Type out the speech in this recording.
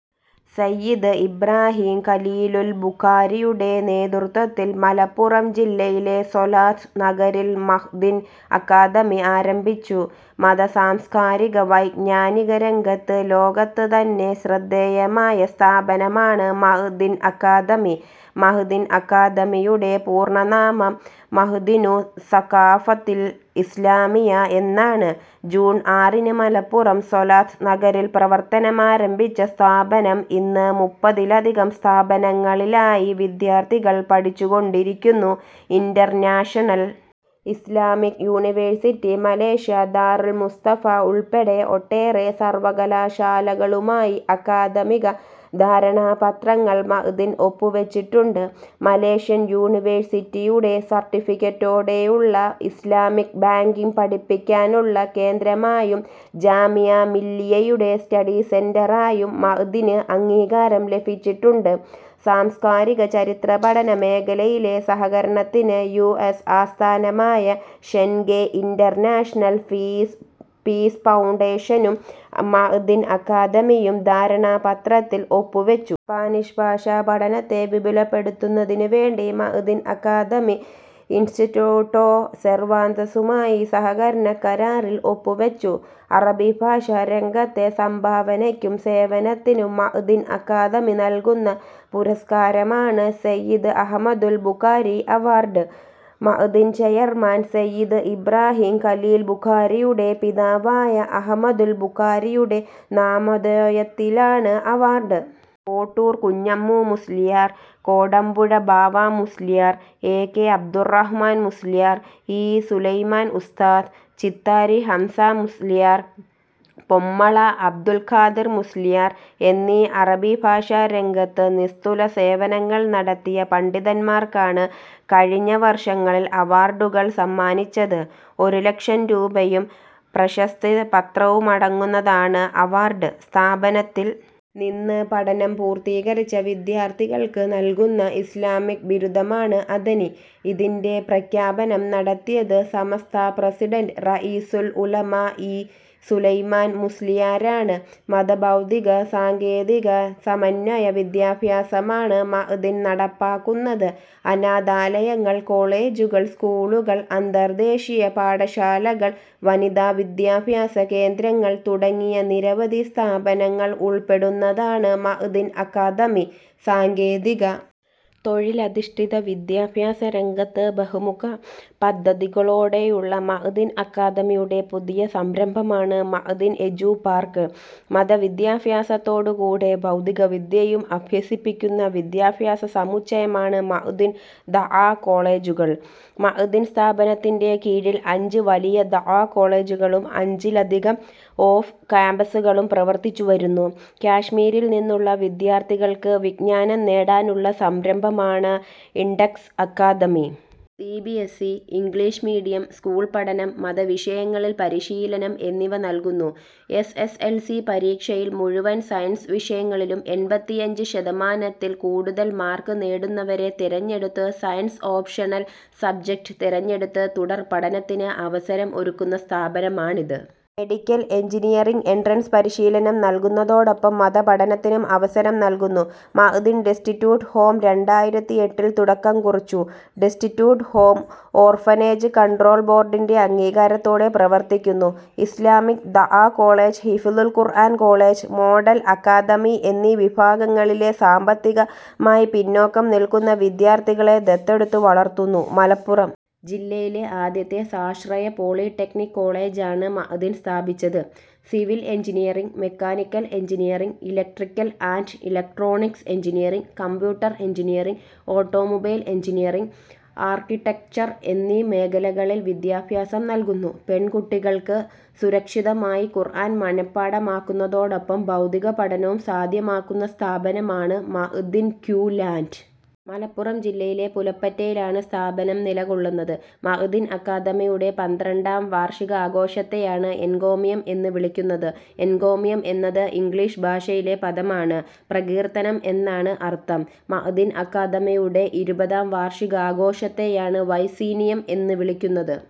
സയ്യിദ് ഇബ്രാഹീം ഖലീലുൽ ബുഖാരിയുടെ നേതൃത്വത്തിൽ മലപ്പുറം ജില്ലയിലെ സ്വലാത്ത് നഗറിൽ മഅ്ദിൻ അക്കാദമി ആരംഭിച്ചു. മത സാംസ്കാരിക വൈജ്ഞാനിക രംഗത്ത് ലോകത്ത് തന്നെ ശ്രദ്ധേയമായ സ്ഥാപനമാണ് മഅ്ദിൻ അക്കാദമി. മഅ്ദിൻ അക്കാദമിയുടെ പൂർണനാമം മഅ്ദിനു സ്സഖാഫത്തിൽ ഇസ്ലാമിയ്യ എന്നാണ്. ജൂൺ ആറിന് മലപ്പുറം സ്വലാത്ത് നഗറിൽ പ്രവർത്തനമാരംഭിച്ച സ്ഥാപനം ഇന്ന് മുപ്പതിലധികം സ്ഥാപനങ്ങളിലായി വിദ്യാർഥികൾ പഠിച്ചുകൊണ്ടിരിക്കുന്നു. International Islamic University Malaysia, Darul Mustafa ഉൾപ്പെടെ ഒട്ടേറെ സർവകലാശാലകളുമായി അക്കാദമിക ധാരണാപത്രങ്ങൾ മഅ്ദിൻ ഒപ്പുവെച്ചിട്ടുണ്ട്. മലേഷ്യൻ യൂണിവേഴ്സിറ്റിയുടെ സർട്ടിഫിക്കറ്റോടെയുള്ള ഇസ്ലാമിക് ബാങ്കിങ് പഠിപ്പിക്കാനുള്ള കേന്ദ്രമായും ജാമിഅ മില്ലിയ്യയുടെ സ്റ്റഡി സെന്ററായും മഅ്ദിന് അംഗീകാരം ലഭിച്ചിട്ടുണ്ട്. സാംസ്കാരിക ചരിത്ര പഠന മേഖലയിലെ സഹകരണത്തിന് യുഎസ് ആസ്ഥാനമായ ഷെൻഗെ ഇന്റർനാഷണൽ പീസ് ഫൗണ്ടേഷനും മഅ്ദിൻ അക്കാദമിയും ധാരണാപത്രത്തിൽ ഒപ്പുവെച്ചു. സ്പാനിഷ് ഭാഷാ പഠനത്തെ വിപുലപ്പെടുത്തുന്നതിന് വേണ്ടി മഅ്ദിൻ അക്കാദമി ഇൻസ്റ്റിറ്റ്യൂട്ടോ സെർവാന്തസുമായി സഹകരണ കരാറിൽ ഒപ്പുവെച്ചു. അറബി ഭാഷാ രംഗത്തെ സംഭാവനയ്ക്കും സേവനത്തിനും മഅ്ദിൻ അക്കാദമി നൽകുന്ന പുരസ്കാരമാണ് സയ്യിദ് അഹമദുൽ ബുഖാരി അവാർഡ്. മഅ്ദിൻ ചെയർമാൻ സയ്യിദ് ഇബ്രാഹീം ഖലീൽ ബുഖാരിയുടെ പിതാവായ അഹ്മദുൽ ബുഖാരിയുടെ നാമധേയത്തിലാണ് award. Kottoor Kunhammu Musliyar, Kodampuzha Bava Musliyar, A K Abdurrahman Musliyar, E Sulaiman ഉസ്താദ്, ചിത്താരി ഹംസ മുസ്ലിയാർ, പൊന്മള അബ്ദുൽ ഖാദിർ മുസ്ലിയാർ എന്നീ അറബി ഭാഷാ രംഗത്ത് നിസ്തുല സേവനങ്ങൾ നടത്തിയ പണ്ഡിതന്മാർക്കാണ് കഴിഞ്ഞ വർഷങ്ങളിൽ അവാർഡുകൾ സമ്മാനിച്ചത്. ഒരുലക്ഷം രൂപയും പ്രശസ്തിപത്രവുമടങ്ങുന്നതാണ് അവാർഡ്. സ്ഥാപനത്തിൽ നിന്ന് പഠനം പൂർത്തീകരിച്ച വിദ്യാർഥികൾക്ക് നൽകുന്ന ഇസ്ലാമിക് ബിരുദമാണ് അദനി. ഇതിൻ്റെ പ്രഖ്യാപനം നടത്തിയത് സമസ്ത പ്രസിഡന്റ് റഈസുൽ ഉലമാ ഇ സുലൈമാൻ മുസ്ലിയാരാണ്. മത ഭൗതിക സാങ്കേതിക സമന്വയ വിദ്യാഭ്യാസമാണ് മഅ്ദിൻ നടപ്പാക്കുന്നത്. അനാഥാലയങ്ങൾ, കോളേജുകൾ, സ്കൂളുകൾ, അന്തർദേശീയ പാഠശാലകൾ, വനിതാ വിദ്യാഭ്യാസ കേന്ദ്രങ്ങൾ തുടങ്ങി നിരവധി സ്ഥാപനങ്ങൾ ഉൾപ്പെടുന്നതാണ് മഅ്ദിൻ അക്കാദമി. സാങ്കേതിക തൊഴിലധിഷ്ഠിത വിദ്യാഭ്യാസ രംഗത്ത് ബഹുമുഖ പദ്ധതികളോടെയുള്ള മഅ്ദിൻ അക്കാദമിയുടെ പുതിയ സംരംഭമാണ് മഅ്ദിൻ എജ്യൂ പാർക്ക്. മതവിദ്യാഭ്യാസത്തോടുകൂടെ ഭൗതികവിദ്യയും അഭ്യസിപ്പിക്കുന്ന വിദ്യാഭ്യാസ സമുച്ചയമാണ് മഅ്ദിൻ ദഅ്വാ കോളേജുകൾ. മഅ്ദിൻ സ്ഥാപനത്തിൻ്റെ കീഴിൽ അഞ്ച് വലിയ ദഅ്വാ കോളേജുകളും അഞ്ചിലധികം ഓഫ് കാമ്പസുകളും പ്രവർത്തിച്ചുവരുന്നു. കാശ്മീരിൽ നിന്നുള്ള വിദ്യാർഥികൾക്ക് വിജ്ഞാനം നേടാനുള്ള സംരംഭമാണ് Index Academy. C B S E English medium school പഠനം, മതവിഷയങ്ങളിൽ പരിശീലനം എന്നിവ നൽകുന്നു. എസ് എസ് എൽ സി പരീക്ഷയിൽ മുഴുവൻ സയൻസ് വിഷയങ്ങളിലും എൺപത്തിയഞ്ച് ശതമാനത്തിൽ കൂടുതൽ മാർക്ക് നേടുന്നവരെ തിരഞ്ഞെടുത്ത് സയൻസ് ഓപ്ഷണൽ സബ്ജക്ട് തിരഞ്ഞെടുത്ത് തുടർപഠനത്തിന് അവസരം ഒരുക്കുന്ന സ്ഥാപനമാണിത്. മെഡിക്കൽ എൻജിനീയറിങ് എൻട്രൻസ് പരിശീലനം നൽകുന്നതോടൊപ്പം മതപഠനത്തിനും അവസരം നൽകുന്നു. മഅ്ദിൻ ഡെസ്റ്റിറ്റ്യൂട്ട് ഹോം രണ്ടായിരത്തി എട്ടിൽ തുടക്കം കുറിച്ചു. ഡെസ്റ്റിറ്റ്യൂട്ട് ഹോം ഓർഫനേജ് കൺട്രോൾ ബോർഡിൻ്റെ അംഗീകാരത്തോടെ പ്രവർത്തിക്കുന്നു. ഇസ്ലാമിക് ദഅ്വാ കോളേജ്, ഹിഫ്ളുൽ ഖുർആൻ കോളേജ്, മോഡൽ അക്കാദമി എന്നീ വിഭാഗങ്ങളിലെ സാമ്പത്തികമായി പിന്നാക്കം നിൽക്കുന്ന വിദ്യാർഥികളെ ദത്തെടുത്ത് വളർത്തുന്നു. മലപ്പുറം ജില്ലയിലെ ആദ്യത്തെ സ്വാശ്രയ പോളിടെക്നിക് കോളേജാണ് മഅ്ദിൻ സ്ഥാപിച്ചത്. Civil engineering, mechanical engineering, electrical and electronics engineering, computer engineering, automobile engineering, architecture എന്നീ മേഖലകളിൽ വിദ്യാഭ്യാസം നൽകുന്നു. പെൺകുട്ടികൾക്ക് സുരക്ഷിതമായി ഖുർആൻ മനഃപാഠമാക്കുന്നതോടൊപ്പം ഭൗതിക പഠനവും സാധ്യമാക്കുന്ന സ്ഥാപനമാണ് മഅ്ദിൻ ക്യൂ ലാൻഡ്. മലപ്പുറം ജില്ലയിലെ പുല്പറ്റയിലാണ് സ്ഥാപനം നിലകൊള്ളുന്നത്. മഅ്ദിൻ അക്കാദമിയുടെ പന്ത്രണ്ടാം വാർഷികാഘോഷത്തെയാണ് എൻകോമിയം എന്ന് വിളിക്കുന്നത്. എൻകോമിയം എന്നത് ഇംഗ്ലീഷ് ഭാഷയിലെ പദമാണ്. പ്രകീർത്തനം എന്നാണ് അർഥം. മഅ്ദിൻ അക്കാദമിയുടെ ഇരുപതാം വാർഷികാഘോഷത്തെയാണ് വൈസീനിയം എന്ന് വിളിക്കുന്നത്.